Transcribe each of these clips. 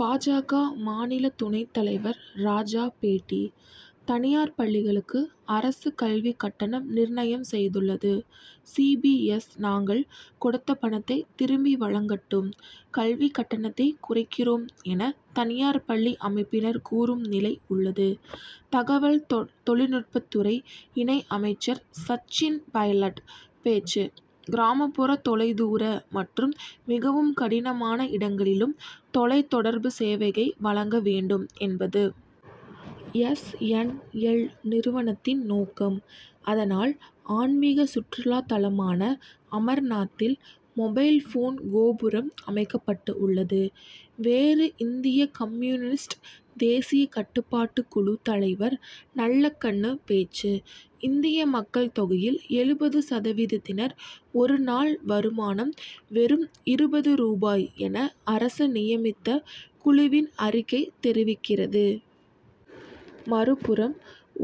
பா. ஜ. க மாநில துணைத் தலைவர் ராஜா பேட்டி தனியார் பள்ளிகளுக்கு அரசு கல்வி கட்டணம் நிர்ணயம் செய்துள்ளது. சி. பி. எஸ். நாங்கள் கொடுத்த பணத்தை திரும்ப வழங்கட்டும் கல்வி கட்டணத்தை குறைக்கிறோம் என தனியார் பள்ளி அமைப்பினர் கூறும் நிலை உள்ளது. தகவல் தொழில்நுட்பத்துறை இணை அமைச்சர் சச்சின் பைலட் பேச்சு கிராமப்புற தொலைதூர மற்றும் மிகவும் கடினமான இடங்களிலும் தொலைத்தொடர்பு சேவைகளை வழங்க வேண்டும் என்பது எஸ். என். எல். நிறுவனத்தின் நோக்கம். அதனால் ஆன்மிக சுற்றுலா தலமான அமர்நாத்தில் மொபைல்போன் கோபுரம் அமைக்கப்பட்டுள்ளது. வேறு இந்திய கம்யூனிஸ்ட் தேசிய கட்டுப்பாட்டு குழு தலைவர் நல்லகண்ணு பேச்சு இந்திய மக்கள் தொகையில் எழுபது சதவீதத்தினர் ஒரு நாள் வருமானம் வெறும் இருபது ரூபாய் என அரசு நியமித்த குழுவின் அறிக்கை தெரிவிக்கிறது. மறுபுறம்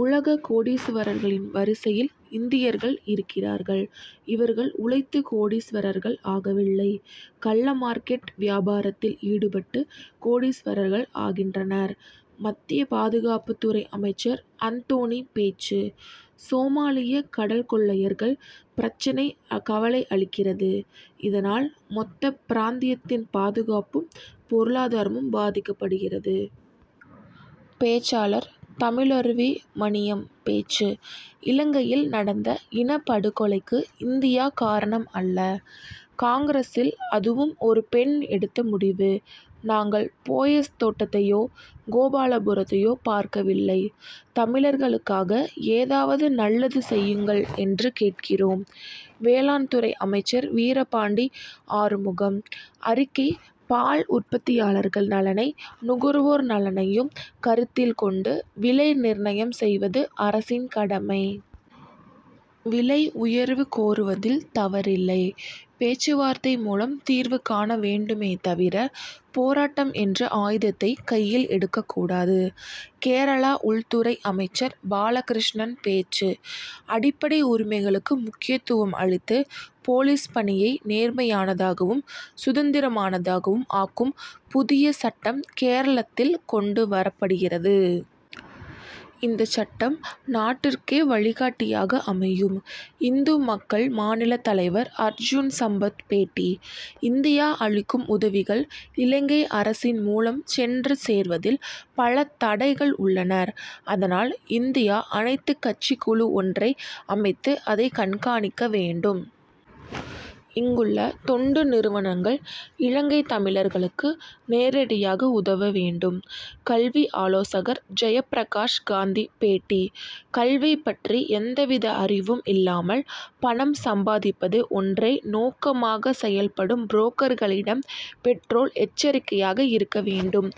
உலக கோடீஸ்வரர்களின் வரிசையில் இந்தியர்கள் இருக்கிறார்கள். இவர்கள் உழைத்து கோடீஸ்வரர்கள் ஆகவில்லை. கள்ள மார்க்கெட் வியாபாரத்தில் ஈடுபட்டு கோடீஸ்வரர்கள் ஆகின்றனர். மத்திய பாதுகாப்புத்துறை அமைச்சர் அந்தோணி பேச்சு சோமாலிய கடல் கொள்ளையர்கள் பிரச்னை கவலை அளிக்கிறது. இதனால் மொத்த பிராந்தியத்தின் பாதுகாப்பும் பொருளாதாரமும் பாதிக்கப்படுகின்றன. பேச்சாளர் தமிழருவி மணியம் பேச்சு இலங்கையில் நடந்த இனப்படுகொலைக்கு இந்தியா காரணம் அல்ல. காங்கிரசில் அதுவும் ஒரு பெண் எடுத்த முடிவு. நாங்கள் போயஸ் தோட்டத்தையோ கோபாலபுரத்தையோ பார்க்கவில்லை. தமிழர்களுக்காக ஏதாவது நல்லது செய்யுங்கள் என்று கேட்கிறோம். வேளாண்துறை அமைச்சர் வீரபாண்டி ஆறுமுகம் அறிக்கை பால் உற்பத்தியாளர்கள் நலனை நுகர்வோர் நலனையும் கருத்தில் கொண்டு விலை நிர்ணயம் செய்வது அரசின் கடமை. விலை உயர்வு கோருவதில் தவறில்லை. பேச்சுவார்த்தை மூலம் தீர்வு காண வேண்டுமே தவிர போராட்டம் என்ற ஆயுதத்தை கையில் எடுக்கக்கூடாது. கேரள உள்துறை அமைச்சர் பாலகிருஷ்ணன் பேச்சு அடிப்படை உரிமைகளுக்கு முக்கியத்துவம் அளித்து போலீஸ் பணியை நேர்மையானதாகவும் சுதந்திரமானதாகவும் ஆக்கும் புதிய சட்டம் கேரளத்தில் கொண்டு வரப்படுகிறது. இந்த சட்டம் நாட்டிற்கே வழிகாட்டியாக அமையும். இந்து மக்கள் மாநிலத் தலைவர் அர்ஜுன் சம்பத் பேட்டி இந்தியா அளிக்கும் உதவிகள் இலங்கை அரசின் மூலம் சென்று சேர்வதில் பல தடைகள் உள்ளன. அதனால் இந்தியா அனைத்து கட்சிக் குழு ஒன்றை அமைத்து அதை கண்காணிக்க வேண்டும். இங்குள்ள தொண்டு நிறுவனங்கள் இலங்கைத் தமிழர்களுக்கு நேரடியாக உதவ வேண்டும். கல்வி ஆலோசகர் ஜெயப்பிரகாஷ் காந்தி பேட்டி கல்வி பற்றி எந்தவித அறிவும் இல்லாமல் பணம் சம்பாதிப்பது ஒன்றே நோக்கமாகச் செயல்படும் புரோக்கர்களிடம் பெற்றோர் எச்சரிக்கையாக இருக்க வேண்டும்.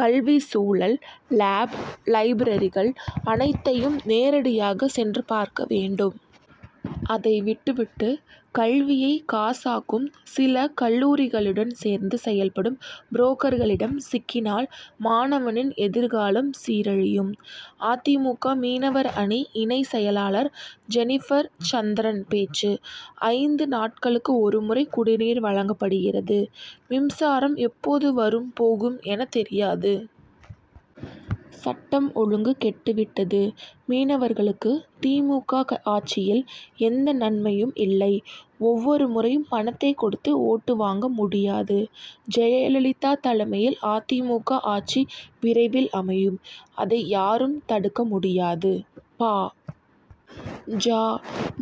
கல்லூரி சூழல் லேப் லைப்ரரிகள் அனைத்தையும் நேரடியாக சென்று பார்க்க வேண்டும். அதை விட்டுவிட்டு கல்வியைக் காசாக்கும் சில கல்லூரிகளுடன் சேர்ந்து செயல்படும் புரோக்கர்களிடம் சிக்கினால் மாணவனின் எதிர்காலம் சீரழியும். அ. தி. மு. க. மீனவர் அணி இணை செயலர் ஜெனிபர் சந்திரன் பேச்சு ஐந்து நாட்களுக்கு ஒரு முறை குடிநீர் வழங்கப்படுகிறது. மின்சாரம் எப்போது வரும் போகும் எனத் தெரியாது. சட்டம் ஒழுங்கு கெட்டு விட்டது. மீனவர்களுக்கு தி. மு. க. ஆட்சியில் எந்த நன்மையும் இல்லை. ஒவ்வொரு முறையும் பணத்தை கொடுத்து ஓட்டு வாங்க முடியாது. ஜெயலலிதா தலைமையில் அ. தி. மு. க. ஆட்சி விரைவில் அமையும். அதை யாரும் தடுக்க முடியாது. பா. ஜ.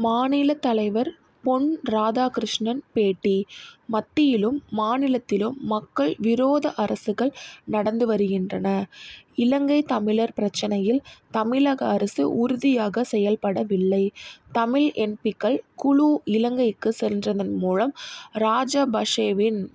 மாநிலத் தலைவர் பொன். ராதாகிருஷ்ணன் பேட்டி மத்தியிலும் மாநிலத்திலும் மக்கள் விரோத அரசுகள் நடந்து வருகின்றன. இலங்கைத் தமிழர் பிரச்னையில் தமிழக அரசு உறுதியாக செயல்படவில்லை. தமிழ் எம். பி.க்கள் குழு இலங்கைக்கு சென்றதன் மூலம் ராஜபக்ஷேவின்